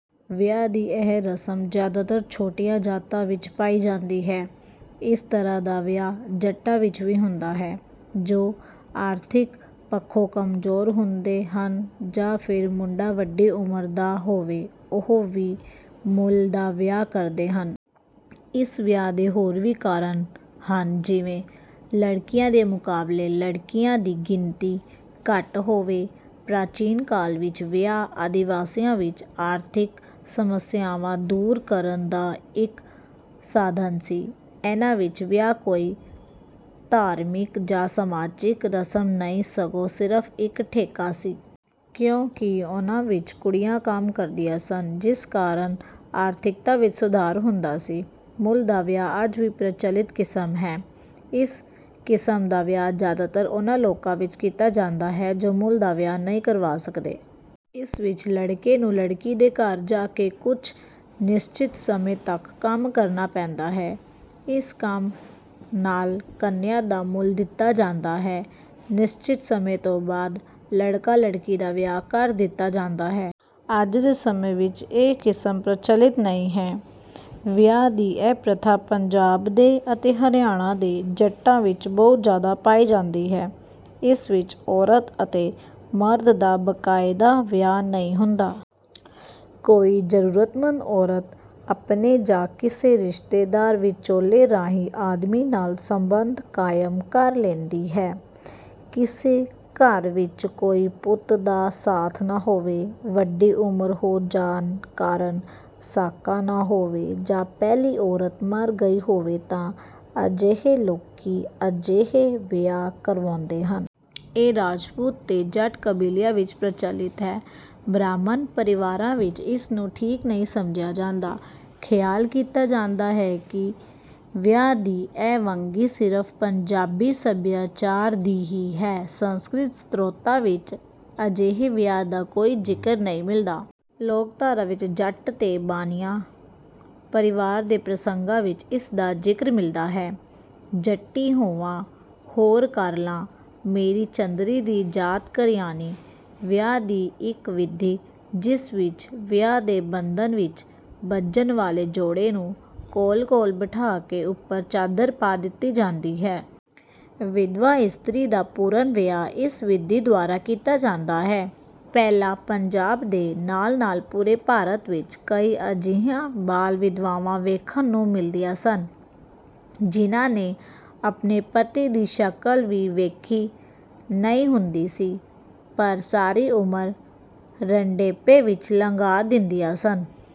ਵਿਆਹ ਦੀ ਇਹ ਕਿਸਮ ਜ਼ਿਆਦਾਤਰ ਛੋਟੀਆਂ ਜਾਤਾਂ ਵਿੱਚ ਪਾਈ ਜਾਂਦੀ ਹੈ। ਇਸ ਤਰ੍ਹਾਂ ਦਾ ਵਿਆਹ ਜੱਟਾਂ ਵਿੱਚ ਵੀ ਹੁੰਦਾ ਹੈ। ਜੋ ਆਰਥਿਕ ਪੱਖੋਂ ਕਮਜ਼ੋਰ ਹੁੰਦੇ ਹਨ ਜਾਂ ਫਿਰ ਮੁੰਡਾ ਵੱਡੀ ਉਮਰ ਦਾ ਹੋਵੇ ਉਹ ਵੀ ਮੁੱਲ ਦਾ ਵਿਆਹ ਕਰਦੇ ਹਨ। ਇਸ ਵਿਆਹ ਦੇ ਹੋਰ ਵੀ ਕਾਰਨ ਹਨ ਜਿਵੇਂ ਲੜਕਿਆਂ ਦੇ ਮੁਕਾਬਲੇ ਲੜਕੀਆਂ ਦੀ ਗਿਣਤੀ ਘੱਟ ਹੋਵੇ। ਪ੍ਰਾਚੀਨ ਕਾਲ ਵਿੱਚ ਵਿਆਹ ਆਦਿਵਾਸੀਆਂ ਵਿੱਚ ਆਰਥਿਕ ਸਮੱਸਿਆਵਾਂ ਦੂਰ ਕਰਨ ਦਾ ਇੱਕ ਸਾਧਨ ਸੀ। ਇਹਨਾਂ ਵਿੱਚ ਵਿਆਹ ਕੋਈ ਧਾਰਮਿਕ ਜਾਂ ਸਮਾਜਿਕ ਰਸਮ ਨਹੀਂ ਸਗੋਂ ਸਿਰਫ਼ ਇੱਕ ਠੇਕਾ ਸੀ। ਕਿਉਂਕਿ ਉਹਨਾਂ ਵਿੱਚ ਕੁੜੀਆਂ ਕੰਮ ਕਰਦੀਆਂ ਸਨ ਜਿਸ ਕਾਰਨ ਆਰਥਿਕਤਾ ਵਿੱਚ ਸੁਧਾਰ ਹੁੰਦਾ ਸੀ। ਮੁੱਲ ਦਾ ਵਿਆਹ ਅੱਜ ਵੀ ਪ੍ਰਚਲਿਤ ਕਿਸਮ ਹੈ। ਇਸ ਕਿਸਮ ਦਾ ਵਿਆਹ ਜ਼ਿਆਦਾਤਰ ਉਹਨਾਂ ਲੋਕਾਂ ਵਿੱਚ ਕੀਤਾ ਜਾਂਦਾ ਹੈ ਜੋ ਮੁੱਲ ਦਾ ਵਿਆਹ ਨਹੀਂ ਕਰਵਾ ਸਕਦੇ। ਇਸ ਵਿੱਚ ਲੜਕੇ ਨੂੰ ਲੜਕੀ ਦੇ ਘਰ ਜਾ ਕੇ ਕੁਝ ਨਿਸ਼ਚਿਤ ਸਮੇਂ ਤੱਕ ਕੰਮ ਕਰਨਾ ਪੈਂਦਾ ਹੈ। ਇਸ ਕੰਮ ਨਾਲ ਕੰਨਿਆ ਦਾ ਮੁੱਲ ਦਿੱਤਾ ਜਾਂਦਾ ਹੈ। ਨਿਸ਼ਚਿਤ ਸਮੇਂ ਤੋਂ ਬਾਅਦ ਲੜਕਾ ਲੜਕੀ ਦਾ ਵਿਆਹ ਕਰ ਦਿੱਤਾ ਜਾਂਦਾ ਹੈ। ਅੱਜ ਦੇ ਸਮੇਂ ਵਿੱਚ ਇਹ ਕਿਸਮ ਪ੍ਰਚਲਿਤ ਨਹੀਂ ਹੈ। ਵਿਆਹ ਦੀ ਇਹ ਪ੍ਰਥਾ ਪੰਜਾਬ ਦੇ ਅਤੇ ਹਰਿਆਣੇ ਦੇ ਜੱਟਾਂ ਵਿੱਚ ਬਹੁਤ ਜ਼ਿਆਦਾ ਪਾਈ ਜਾਂਦੀ ਹੈ। ਇਸ ਵਿੱਚ ਔਰਤ ਅਤੇ ਮਰਦ ਦਾ ਬਕਾਇਦਾ ਵਿਆਹ ਨਹੀਂ ਹੁੰਦਾ। ਕੋਈ ਜ਼ਰੂਰਤਮੰਦ ਔਰਤ ਆਪਣੇ ਜਾਂ ਕਿਸੇ ਰਿਸ਼ਤੇਦਾਰ ਵਿਚੋਲੇ ਰਾਹੀਂ ਆਦਮੀ ਨਾਲ ਸਬੰਧ ਕਾਇਮ ਕਰ ਲੈਂਦੀ ਹੈ। ਕਿਸੇ ਘਰ ਵਿੱਚ ਕੋਈ ਪੁੱਤ ਦਾ ਸਾਥ ਨਾ ਹੋਵੇ, ਵੱਡੀ ਉਮਰ ਹੋ ਜਾਣ ਕਾਰਨ ਸਾਕਾ ਨਾ ਹੋਵੇ ਜਾਂ ਪਹਿਲੀ ਔਰਤ ਮਰ ਗਈ ਹੋਵੇ ਤਾਂ ਅਜਿਹੇ ਲੋਕੀ ਅਜਿਹੇ ਵਿਆਹ ਕਰਵਾਉਂਦੇ ਹਨ। ਇਹ ਰਾਜਪੂਤ ਤੇ ਜੱਟ ਕਬੀਲਿਆਂ ਵਿੱਚ ਪ੍ਰਚਲਿਤ ਹੈ। ਬ੍ਰਾਹਮਣ ਪਰਿਵਾਰਾਂ ਵਿੱਚ ਇਸ ਨੂੰ ਠੀਕ ਨਹੀਂ ਸਮਝਿਆ ਜਾਂਦਾ। ਖਿਆਲ ਕੀਤਾ ਜਾਂਦਾ ਹੈ ਕਿ ਵਿਆਹ ਦੀ ਇਹ ਵੰਨਗੀ ਸਿਰਫ਼ ਪੰਜਾਬੀ ਸੱਭਿਆਚਾਰ ਦੀ ਹੀ ਹੈ। ਸੰਸਕ੍ਰਿਤ ਸਰੋਤਾਂ ਵਿੱਚ ਅਜਿਹੇ ਵਿਆਹ ਦਾ ਕੋਈ ਜ਼ਿਕਰ ਨਹੀਂ ਮਿਲਦਾ। ਲੋਕਧਾਰਾ ਵਿੱਚ ਜੱਟ ਤੇ ਬਾਣੀਆਂ ਪਰਿਵਾਰਾਂ ਦੇ ਪ੍ਰਸੰਗਾਂ ਵਿੱਚ ਇਸ ਦਾ ਜ਼ਿਕਰ ਮਿਲਦਾ ਹੈ: ਜੱਟੀ ਹੋਵਾਂ ਹੋਰ ਕਰ ਲਾਂ, ਮੇਰੀ ਚੰਦਰੀ ਦੀ ਜਾਤ ਕਰਿਆਣੀ। ਵਿਆਹ ਦੀ ਇੱਕ ਵਿਧੀ, ਜਿਸ ਵਿੱਚ ਵਿਆਹ ਦੇ ਬੰਧਨ ਵਿੱਚ ਬੱਝਣ ਵਾਲੇ ਜੋੜੇ ਨੂੰ ਕੋਲ-ਕੋਲ ਬਿਠਾ ਕੇ ਉੱਪਰ ਚਾਦਰ ਪਾ ਦਿੱਤੀ ਜਾਂਦੀ ਹੈ। ਵਿਧਵਾ ਇਸਤਰੀ ਦਾ ਪੁਨਰ ਵਿਆਹ ਇਸ ਵਿਧੀ ਦੁਆਰਾ ਕੀਤਾ ਜਾਂਦਾ ਹੈ। ਪਹਿਲਾਂ ਪੰਜਾਬ ਦੇ ਨਾਲ-ਨਾਲ ਪੂਰੇ ਭਾਰਤ ਵਿੱਚ ਕਈ ਅਜਿਹੀਆਂ ਬਾਲ ਵਿਧਵਾਵਾਂ ਵੇਖਣ ਨੂੰ ਮਿਲਦੀਆਂ ਸਨ ਜਿਨ੍ਹਾਂ ਨੇ ਆਪਣੇ ਪਤੀ ਦੀ ਸ਼ਕਲ ਵੀ ਵੇਖੀ ਨਹੀਂ ਹੁੰਦੀ ਸੀ ਪਰ ਸਾਰੀ ਉਮਰ ਰੰਡੇਪੇ ਵਿੱਚ ਲੰਘਾ ਦਿੰਦੀਆਂ ਸਨ।